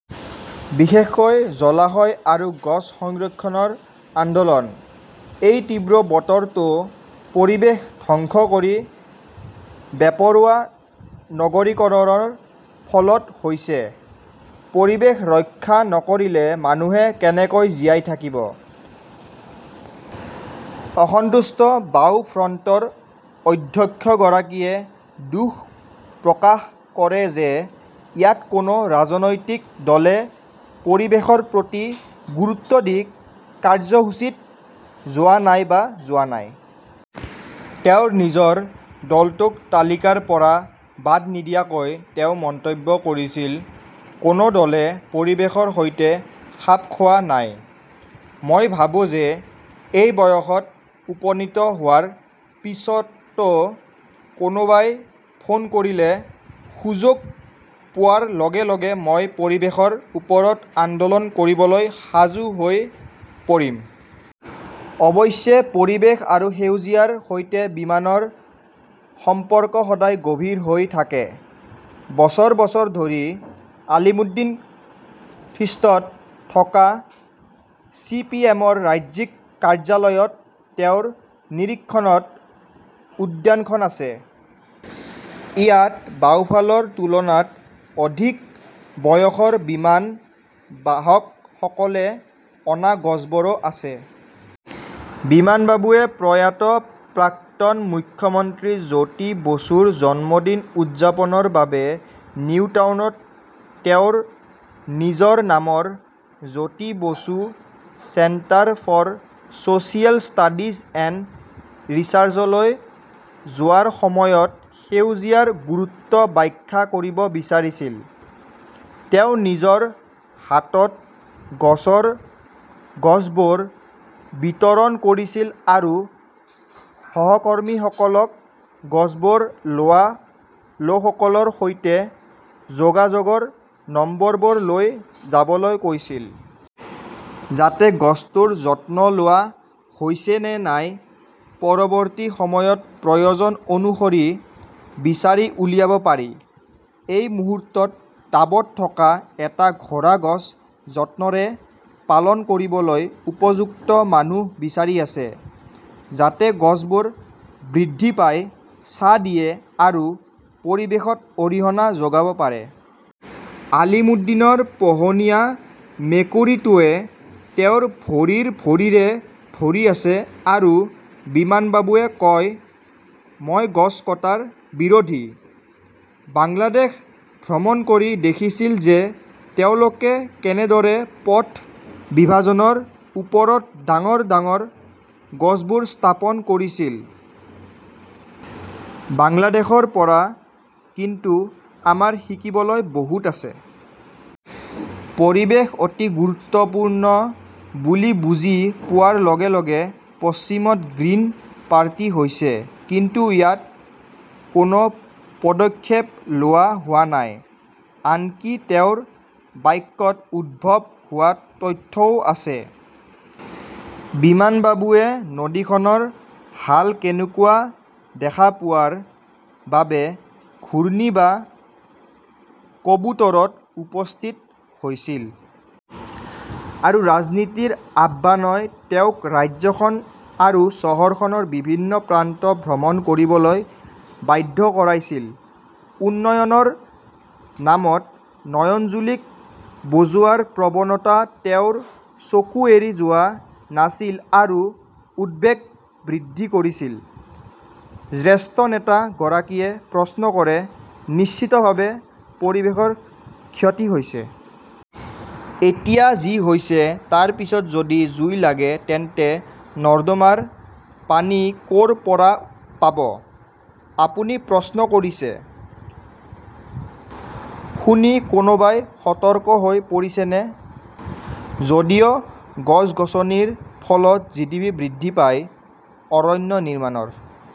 বিশেষকৈ জলাশয় আৰু গছ সংৰক্ষণৰ আন্দোলন। এই তীব্ৰ বতৰটো পৰিৱেশ ধ্বংস কৰি বেপৰোৱা নগৰীকৰণৰ ফলত হৈছে। পৰিৱেশ ৰক্ষা নকৰিলে মানুহে কেনেকৈ জীয়াই থাকিব? "অসন্তুষ্ট বাওঁ ফ্ৰণ্টৰ অধ্যক্ষগৰাকীয়ে দুখ প্ৰকাশ কৰে যে ইয়াত কোনো ৰাজনৈতিক দলে পৰিৱেশৰ প্ৰতি গুৰুত্ব দি কাৰ্যসূচীত যোৱা নাই বা যোৱা নাই। তেওঁৰ নিজৰ দলটোক তালিকাৰ পৰা বাদ নিদিয়াকৈ তেওঁ মন্তব্য কৰিছিল, "কোনো দলে পৰিৱেশৰ সৈতে খাপ খোৱা নাই। মই ভাবো যে এই বয়সত উপনীত হোৱাৰ পিছতো কোনোবাই ফোন কৰিলে, সুযোগ পোৱাৰ লগে লগে মই পৰিৱেশৰ ওপৰত আন্দোলন কৰিবলৈ সাজু হৈ পৰিম! "অৱশ্যে, পৰিৱেশ আৰু সেউজীয়াৰ সৈতে বিমানৰ সম্পৰ্ক সদায় গভীৰ হৈ থাকে। বছৰ বছৰ ধৰি আলিমুদ্দিন ষ্ট্ৰীটত থকা চি. পি. এম. -ৰ ৰাজ্যিক কাৰ্যালয়ত তেওঁৰ নিৰীক্ষণত উদ্যানখন আছে। ইয়াত বাওঁফালৰ তুলনাত অধিক বয়সৰ বিমান বাহকসকলে অনা গছবোৰো আছে! বিমানবাবুৱে প্ৰয়াত প্ৰাক্তন মুখ্যমন্ত্ৰী জ্যোতি বসুৰ জন্মদিন উদযাপনৰ বাবে নিউটাউনত তেওঁৰ নিজৰ নামৰ Jyoti Basu centre for so "serial studies and ৰিচাৰ্চলৈ যোৱাৰ সময়ত সেউজীয়াৰ গুৰুত্ব ব্যাখ্যা কৰিব বিচাৰিছিল। তেওঁ নিজৰ হাতত গছৰ গছবোৰ বিতৰণ কৰিছিল আৰু সহকৰ্মীসকলক গছবোৰ লোৱা লোকসকলৰ সৈতে যোগাযোগৰ নম্বৰবোৰ লৈ যাবলৈ কৈছিল। যাতে গছটোৰ যত্ন লোৱা হৈছে নে নাই পৰৱৰ্তী সময়ত প্ৰয়োজন অনুসৰি বিচাৰি উলিয়াব পাৰি। এই মুহূৰ্তত টাবত থকা এটা ঘোঁৰা গছ যত্নৰে পালন কৰিবলৈ উপযুক্ত মানুহ বিচাৰি আছে। যাতে গছবোৰ বৃদ্ধি পায়, ছাঁ দিয়ে আৰু পৰিৱেশত অৰিহণা যোগাব পাৰে। আলিমুদ্দিনৰ পোহনীয়া মেকুৰীটোৱে তেওঁৰ ভৰিৰ ভৰিৰে ভৰি আছে আৰু বিমানবাবুৱে কয়, "মই গছ কটাৰ বিৰোধী। বাংলাদেশ ভ্ৰমণ কৰি দেখিছিল যে তেওঁলোকে কেনেদৰে পথ বিভাজনৰ ওপৰত ডাঙৰ ডাঙৰ গছবোৰ স্থাপন কৰিছিল। বাংলাদেশৰ পৰা কিন্তু আমাৰ শিকিবলৈ বহুত আছে। "পৰিৱেশ অতি গুৰুত্বপূৰ্ণ বুলি বুজি পোৱাৰ লগে লগে পশ্চিমত গ্ৰীণ পাৰ্টি হৈছে কিন্তু ইয়াত কোনো পদক্ষেপ লোৱা হোৱা নাই, আনকি তেওঁৰ বাক্যত উদ্ভৱ হোৱা তথ্যও আছে। বিমানবাবুৱে নদীখনৰ হাল কেনেকুৱা দেখা পোৱাৰ বাবে ঘূৰ্ণী বা কবুতৰত উপস্থিত হৈছিল। আৰু ৰাজনীতিৰ আহ্বানই তেওঁক ৰাজ্যখন আৰু চহৰখনৰ বিভিন্ন প্ৰান্ত ভ্ৰমণ কৰিবলৈ বাধ্য কৰাইছিল। উন্নয়নৰ নামত নয়নজুলীক বুজোৱাৰ প্ৰৱণতা তেওঁৰ চকু এৰি যোৱা নাছিল আৰু উদ্বেগ বৃদ্ধি কৰিছিল। জ্যেষ্ঠ নেতা গৰাকীয়ে প্ৰশ্ন কৰে, "নিশ্চিতভাৱে পৰিৱেশৰ ক্ষতি হৈছে। এতিয়া যি হৈছে, তাৰ পিছত যদি জুই লাগে তেন্তে নৰ্দমাৰ পানী ক "ৰ পৰা পাব? "আপুনি প্ৰশ্ন কৰিছে। শুনি কোনোবাই সতৰ্ক হৈ পৰিছেনে? যদিও গছ-গছনিৰ ফলত জিডিপি বৃদ্ধি পায়, অৰণ্য নিৰ্মাণৰ